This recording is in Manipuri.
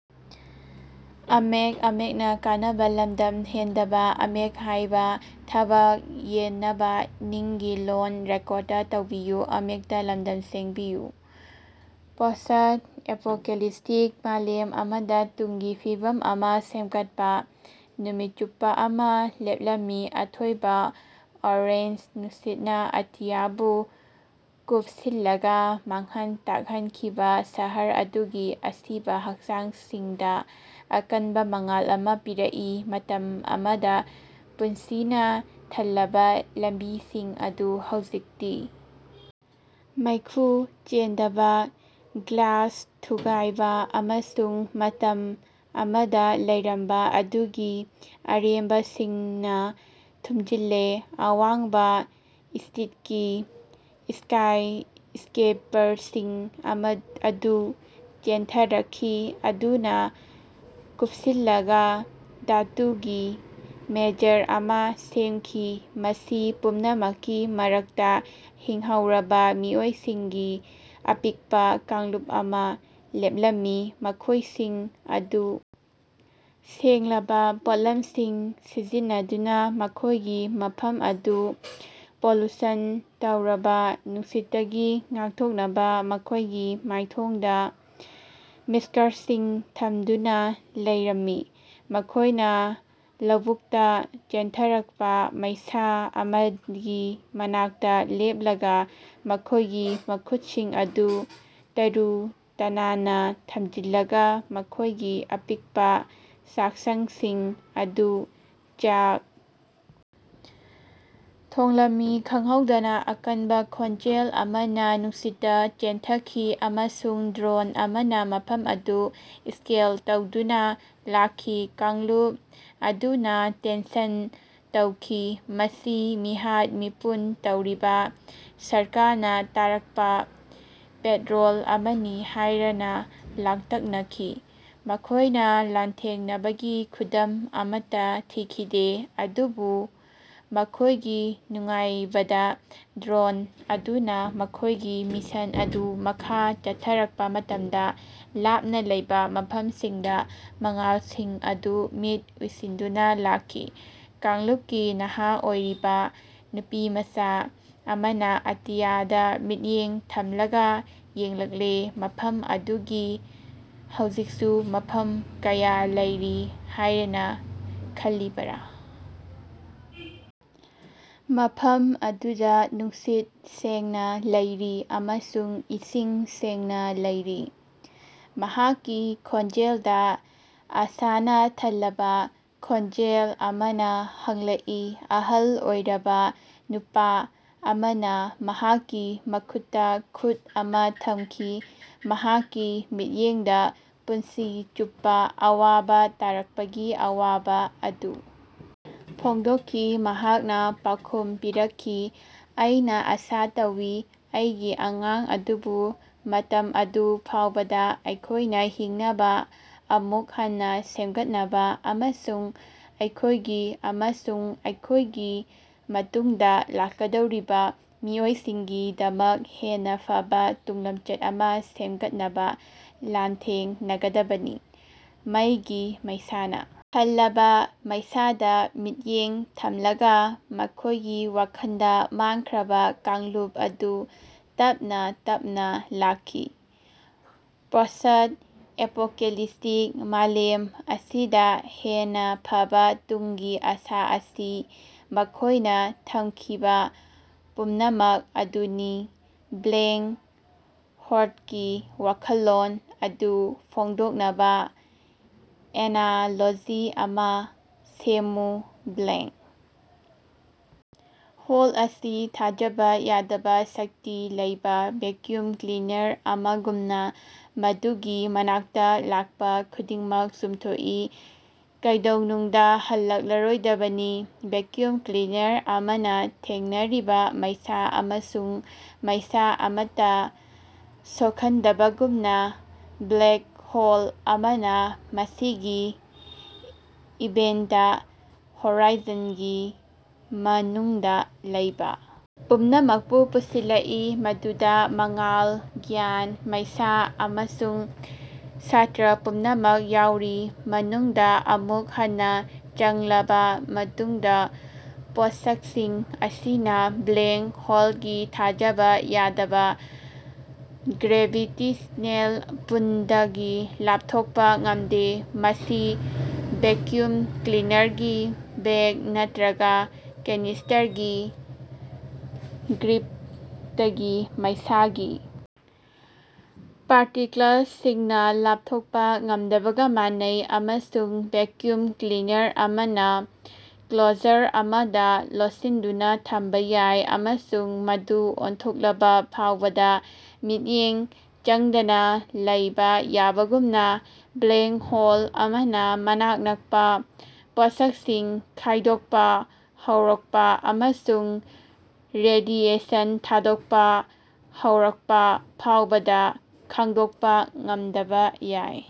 "ꯄꯣꯁ꯭ꯠ-ꯑꯦꯄꯣꯀꯦꯂꯤꯄꯇꯤꯛ ꯃꯥꯂꯦꯝ ꯑꯃꯗꯥ ꯇꯨꯡꯒꯤ ꯐꯤꯕꯝ ꯑꯃꯥ ꯁꯦꯝꯒꯠꯄꯥ꯫ ꯅꯨꯃꯤꯠ ꯆꯨꯞꯄꯥ ꯑꯃꯥ ꯂꯦꯞꯂꯝꯃꯤ, ꯑꯊꯣꯏꯕꯥ ꯑꯣꯔꯦꯟꯖ ꯅꯨꯡꯁꯤꯠꯅꯥ ꯑꯇꯤꯌꯥꯕꯨ ꯀꯨꯞꯁꯤꯜꯂꯒꯥ, ꯃꯥꯡꯍꯟ ꯇꯥꯛꯍꯟꯈꯤꯕꯥ ꯁꯍꯔ ꯑꯗꯨꯒꯤ ꯑꯁꯤꯕꯥ ꯍꯛꯆꯥꯡꯁꯤꯡꯗꯥ ꯑꯀꯟꯕꯥ ꯃꯉꯥꯜ ꯑꯃꯥ ꯄꯤꯔꯛꯏ꯫ ꯃꯇꯝ ꯑꯃꯗꯥ ꯄꯨꯟꯁꯤꯅꯥ ꯊꯜꯂꯕꯥ ꯂꯝꯕꯤꯁꯤꯡ ꯑꯗꯨ ꯍꯧꯖꯤꯛꯇꯤ ꯃꯩꯈꯨ ꯆꯦꯟꯗꯕꯥ, ꯒ꯭ꯂꯥꯁ ꯊꯨꯒꯥꯏꯕꯥ ꯑꯃꯁꯨꯡ ꯃꯇꯝ ꯑꯃꯗꯥ ꯂꯩꯔꯝꯕꯥ ꯑꯗꯨꯒꯤ ꯑꯔꯦꯝꯕꯁꯤꯡꯅꯥ ꯊꯨꯝꯖꯤꯜꯂꯦ꯫ ꯑꯋꯥꯡꯕꯥ ꯁ꯭ꯇꯤꯜꯒꯤ ꯁ꯭ꯀꯥꯏꯁ꯭ꯀꯔꯦꯄꯔꯁꯤꯡ ꯑꯃ ꯑꯗꯨ ꯆꯦꯟꯊꯔꯛꯈꯤ꯫ ꯑꯗꯨꯅꯥ ꯀꯨꯄꯁꯤꯜꯂꯕꯥ ꯙꯥꯇꯨꯒꯤ ꯃꯦꯖꯔ ꯑꯃꯥ ꯁꯦꯝꯈꯤ꯫ ꯃꯁꯤ ꯄꯨꯝꯅꯃꯛꯀꯤ ꯃꯔꯛꯇꯥ ꯍꯤꯡꯍꯧꯔꯕꯥ ꯃꯤꯑꯣꯏꯁꯤꯡꯒꯤ ꯑꯄꯤꯛꯄꯥ ꯀꯥꯡꯂꯨꯞ ꯑꯃꯥ ꯂꯦꯞꯂꯝꯃꯤ꯫ ꯃꯈꯣꯏꯁꯤꯡ ꯑꯗꯨ ꯁꯦꯡꯂꯕꯥ ꯄꯣꯠꯂꯝꯁꯤꯡ ꯁꯤꯖꯤꯟꯅꯗꯨꯅꯥ ꯃꯈꯣꯏꯒꯤ ꯃꯐꯝ ꯑꯗꯨ ꯄꯣꯂꯨꯁꯟ ꯇꯧꯔꯕꯥ ꯅꯨꯡꯁꯤꯠꯇꯒꯤ ꯉꯥꯛꯊꯣꯛꯅꯕꯥ ꯃꯈꯣꯏꯒꯤ ꯃꯥꯏꯊꯣꯡꯗꯥ ꯃꯥꯁ꯭ꯀꯁꯤꯡ ꯊꯝꯗꯨꯅꯥ ꯂꯩꯔꯝꯃꯤ꯫ ꯃꯈꯣꯏꯅꯥ ꯂꯧꯕꯨꯛꯇꯥ ꯆꯦꯟꯊꯔꯛꯄꯥ ꯃꯩꯁꯥ ꯑꯃꯒꯤ ꯃꯅꯥꯛꯇꯥ ꯂꯦꯞꯂꯒꯥ ꯃꯈꯣꯏꯒꯤ ꯃꯈꯨꯠꯁꯤꯡ ꯑꯗꯨ ꯇꯔꯨ ꯇꯅꯥꯟꯅꯥ ꯊꯝꯖꯤꯜꯂꯒꯥ ꯃꯈꯣꯏꯒꯤ ꯑꯄꯤꯛꯄꯥ ꯆꯥꯛꯁꯪꯁꯤꯡ ꯑꯗꯨ ꯆꯥꯛ ꯊꯣꯡꯂꯝꯃꯤ꯫ ꯈꯪꯍꯧꯗꯅꯥ ꯑꯀꯟꯕꯥ ꯈꯣꯟꯖꯦꯜ ꯑꯃꯅꯥ ꯅꯨꯡꯁꯤꯠꯇꯥ ꯆꯦꯟꯊꯈꯤ, ꯑꯃꯁꯨꯡ ꯗ꯭ꯔꯣꯟ ꯑꯃꯅꯥ ꯃꯐꯝ ꯑꯗꯨ ꯁ꯭ꯀꯦꯟ ꯇꯧꯗꯨꯅꯥ ꯂꯥꯛꯈꯤ꯫ ꯀꯥꯡꯂꯨꯞ ꯑꯗꯨꯅꯥ ꯇꯦꯟꯁꯟ ꯇꯧꯈꯤ꯫ ꯃꯁꯤ ꯃꯤꯍꯥꯠ-ꯃꯤꯄꯨꯟ ꯇꯧꯔꯤꯕꯥ ꯁꯔꯀꯥꯔꯅꯥ ꯊꯥꯔꯛꯄꯥ ꯄꯦꯠꯔꯣꯜ ꯑꯃꯅꯤ ꯍꯥꯌꯅꯥ ꯂꯥꯡꯇꯛꯅꯈꯤ꯫ ꯃꯈꯣꯏꯅꯥ ꯂꯥꯟꯊꯦꯡꯅꯕꯒꯤ ꯈꯨꯗꯝ ꯑꯃꯠꯇꯥ ꯊꯤꯈꯤꯗꯦ꯫ ꯑꯗꯨꯕꯨ, ꯃꯈꯣꯏꯒꯤ ꯅꯨꯡꯉꯥꯏꯕꯗꯥ ꯗ꯭ꯔꯣꯟ ꯑꯗꯨꯅꯥ ꯃꯈꯣꯏꯒꯤ ꯃꯤꯁꯟ ꯑꯗꯨ ꯃꯈꯥ ꯆꯠꯊꯔꯛꯄꯥ ꯃꯇꯝꯗꯥ ꯂꯥꯞꯅꯥ ꯂꯩꯕꯥ ꯃꯐꯝꯁꯤꯡꯗꯥ ꯃꯉꯥꯜꯁꯤꯡ ꯑꯗꯨ ꯃꯤꯠ ꯎꯏꯁꯤꯟꯗꯨꯅꯥ ꯂꯥꯛꯈꯤ꯫ ꯀꯥꯡꯂꯨꯄꯀꯤ ꯅꯍꯥ ꯑꯣꯏꯔꯤꯕꯥ ꯅꯨꯄꯤꯃꯆꯥ ꯑꯃꯅꯥ ꯑꯇꯤꯌꯥꯗꯥ ꯃꯤꯠꯌꯦꯡ ꯊꯝꯂꯒꯥ ꯌꯦꯡꯂꯛꯂꯦ꯫ ꯃꯐꯝ ꯑꯗꯨꯒꯤ ꯍꯧꯖꯤꯛꯁꯨ ꯃꯐꯝ ꯀꯌꯥ ꯂꯩꯔꯤ ꯍꯥꯌꯅꯥ ꯈꯜꯂꯤꯕꯔꯥ? ꯃꯐꯝ ꯑꯗꯨꯗꯥ ꯅꯨꯡꯁꯤꯠ ꯁꯦꯡꯅꯥ ꯂꯩꯔꯤ ꯑꯃꯁꯨꯡ ꯏꯁꯤꯡ ꯁꯦꯡꯅꯥ ꯂꯩꯔꯤ꯫ ꯃꯍꯥꯛꯀꯤ ꯈꯣꯟꯖꯦꯜꯗꯥ ꯑꯥꯁꯥꯅꯥ ꯊꯜꯂꯕꯥ ꯈꯣꯟꯖꯦꯜ ꯑꯃꯅ ꯍꯪꯂꯛꯏ꯫ ꯑꯍꯜ ꯑꯣꯏꯔꯕꯥ ꯅꯨꯄꯥ ꯑꯃꯅꯥ ꯃꯍꯥꯛꯀꯤ ꯃꯈꯨꯠꯇꯥ ꯈꯨꯠ ꯑꯃꯥ ꯊꯝꯈꯤ꯫ ꯃꯍꯥꯛꯀꯤ ꯃꯤꯠꯌꯦꯡꯗꯥ ꯄꯨꯟꯁꯤ ꯆꯨꯞꯄꯥ ꯑꯋꯥꯕꯥ ꯇꯥꯔꯛꯄꯒꯤ ꯑꯋꯥꯕꯥ ꯑꯗꯨ ꯐꯣꯡꯗꯣꯀꯈꯤ꯫ ꯃꯍꯥꯛꯅꯥ ꯄꯥꯎꯈꯨꯝ ꯄꯤꯔꯛꯈꯤ, "ꯑꯩꯅꯥ ꯑꯥꯁꯥ ꯇꯧꯏ, ꯑꯩꯒꯤ ꯑꯉꯥꯡ ꯑꯗꯨꯕꯨ ꯃꯇꯝ ꯑꯗꯨ ꯐꯥꯎꯕꯗꯥ ꯑꯩꯈꯣꯏꯅꯥ ꯍꯤꯡꯅꯕꯥ, ꯑꯃꯨꯛ ꯍꯟꯅꯥ ꯁꯦꯝꯒꯠꯅꯕꯥ ꯑꯃꯁꯨꯡ ꯑꯩꯈꯣꯏꯒꯤ ꯑꯃꯁꯨꯡ ꯑꯩꯈꯣꯏꯒꯤ ꯃꯇꯨꯡꯗꯥ ꯂꯥꯛꯀꯗꯧꯔꯤꯕꯥ ꯃꯤꯑꯣꯏꯁꯤꯡꯒꯤꯗꯃꯛ ꯍꯦꯟꯅꯥ ꯐꯕꯥ ꯇꯨꯡꯂꯃꯆꯠ ꯑꯃꯥ ꯁꯦꯝꯒꯠꯅꯕꯥ ꯂꯥꯟꯊꯦꯡꯅꯒꯗꯕꯅꯤ꯫ ꯃꯩꯒꯤ ꯃꯩꯁꯥꯅꯥ ꯊꯜꯂꯕꯥ ꯃꯩꯁꯥꯗꯥ ꯃꯤꯠꯌꯦꯡ ꯊꯝꯂꯒꯥ ꯃꯈꯣꯏꯒꯤ ꯋꯥꯈꯟꯗꯥ ꯃꯥꯡꯈ꯭ꯔꯕꯥ ꯀꯥꯡꯂꯨꯞ ꯑꯗꯨ ꯇꯞꯅꯥ ꯇꯞꯅꯥ ꯂꯥꯛꯈꯤ꯫ ꯄꯣꯁ꯭ꯠ-ꯑꯦꯄꯣꯀꯦꯂꯤꯁꯇꯤꯛ ꯃꯥꯂꯦꯝ ꯑꯁꯤꯗꯥ ꯍꯦꯟꯅꯥ ꯐꯕꯥ ꯇꯨꯡꯒꯤ ꯑꯥꯁꯥ ꯑꯁꯤ ꯃꯈꯣꯏꯅꯥ ꯊꯝꯈꯤꯕꯥ ꯄꯨꯝꯅꯃꯛ ꯑꯗꯨꯅꯤ꯫ ꯕ꯭ꯂꯦꯛ ꯍꯣꯂꯒꯤ ꯋꯥꯈꯜꯂꯣꯟ ꯑꯗꯨ ꯐꯣꯡꯗꯣꯛꯅꯕꯥ ꯑꯦꯅꯥꯂꯣꯖꯤ ꯑꯃꯥ ꯁꯦꯝꯃꯨ꯫ ꯕ꯭ꯂꯦꯛ ꯍꯣꯜ ꯑꯁꯤ ꯊꯥꯖꯕꯥ ꯌꯥꯗꯕꯥ ꯁꯛꯇꯤ ꯂꯩꯕꯥ ꯚꯦꯛꯌꯨꯝ ꯀ꯭ꯂꯤꯅꯔ ꯑꯃꯒꯨꯝꯅꯥ ꯃꯗꯨꯒꯤ ꯃꯅꯥꯛꯇꯥ ꯂꯥꯛꯄꯥ ꯈꯨꯗꯤꯡꯃꯛ ꯆꯨꯝꯊꯣꯛꯏ ꯀꯩꯗꯧꯅꯨꯡꯗꯥ ꯍꯜꯂꯛꯂꯣꯏꯗꯕꯅꯤ꯫ ꯚꯦꯛꯌꯨꯝ ꯀ꯭ꯂꯤꯅꯔ ꯑꯃꯅꯥ ꯊꯦꯡꯅꯔꯤꯕꯥ ꯃꯩꯁꯥ ꯑꯃꯁꯨꯡ ꯃꯩꯁꯥ ꯑꯃꯠꯇꯥ ꯁꯣꯀꯍꯟꯕꯒꯨꯝꯅꯥ ꯕ꯭ꯂꯦꯛ ꯍꯣꯜ ꯑꯃꯅꯥ ꯃꯁꯤꯒꯤ ꯏꯚꯦꯟꯇ ꯍꯣꯔꯥꯏꯖꯟꯒꯤ ꯃꯅꯨꯡꯗꯥ ꯂꯩꯕꯥ ꯄꯨꯝꯅꯃꯛꯄꯨ ꯄꯨꯁꯤꯜꯂꯛꯏ, ꯃꯗꯨꯗꯥ ꯃꯉꯥꯜ, ꯒ꯭ꯌꯥꯁ, ꯃꯩꯁꯥ ꯑꯃꯁꯨꯡ ꯁ꯭ꯇꯥꯔ ꯄꯨꯝꯅꯃꯛ ꯌꯥꯎꯔꯤ꯫ ꯃꯅꯨꯡꯗꯥ ꯑꯃꯨꯛ ꯍꯟꯅꯥ ꯆꯪꯂꯕꯥ ꯃꯇꯨꯡꯗꯥ, ꯄꯣꯠꯁꯀꯁꯤꯡ ꯑꯁꯤꯅꯥ ꯕ꯭ꯂꯦꯛ ꯍꯣꯂꯒꯤ ꯊꯥꯖꯕꯥ ꯌꯥꯗꯕꯥ ꯒ꯭ꯔꯦꯚꯤꯇꯦꯁꯅꯦꯜ ꯄꯨꯟꯗꯒꯤ ꯂꯥꯞꯊꯣꯛꯄꯥ ꯉꯝꯗꯦ, ꯃꯁꯤ ꯚꯦꯛꯌꯨꯝ ꯀ꯭ꯂꯤꯅꯔꯒꯤ ꯕꯦꯒ ꯅꯠꯇ꯭ꯔꯒꯥ ꯀꯦꯅꯤꯁ꯭ꯇꯔꯒꯤ ꯒ꯭ꯔꯤꯞꯇꯒꯤ ꯃꯩꯁꯥꯒꯤ ꯄꯥꯔꯇꯤꯀꯂꯁꯤꯡꯅꯥ ꯂꯥꯞꯊꯣꯛꯄꯥ ꯉꯝꯗꯕꯒꯥ ꯃꯥꯟꯅꯩ꯫ ꯑꯃꯁꯨꯡ ꯚꯦꯛꯌꯨꯝ ꯀ꯭ꯂꯤꯅꯔ ꯑꯃꯅꯥ ꯀ꯭ꯂꯣꯖꯔ ꯑꯃꯗꯥ ꯂꯣꯠꯁꯤꯟꯗꯨꯅꯥ ꯊꯝꯕꯥ ꯌꯥꯏ ꯑꯃꯁꯨꯡ ꯃꯗꯨ ꯑꯣꯟꯊꯣꯛꯂꯕꯥ ꯐꯥꯎꯕꯗꯥ ꯃꯤꯠꯌꯦꯡ ꯆꯪꯗꯅꯥ ꯂꯩꯕꯥ ꯌꯥꯕꯒꯨꯝꯅꯥ ꯕ꯭ꯂꯦꯡ ꯍꯣꯜ ꯑꯃꯅꯥ ꯃꯅꯥꯛ ꯅꯛꯄꯥ ꯄꯣꯠꯁꯀꯁꯤꯡ ꯈꯥꯏꯗꯣꯛꯄꯥ ꯍꯧꯔꯚꯄꯥ ꯑꯃꯁꯨꯡ ꯔꯦꯗꯤꯑꯦꯁꯟ ꯊꯥꯗꯣꯛꯄꯥ ꯍꯧꯔꯛꯄꯥ ꯐꯥꯎꯕꯗꯥ ꯈꯪꯗꯣꯛꯄꯥ ꯉꯝꯗꯕꯥ ꯌꯥꯏ꯫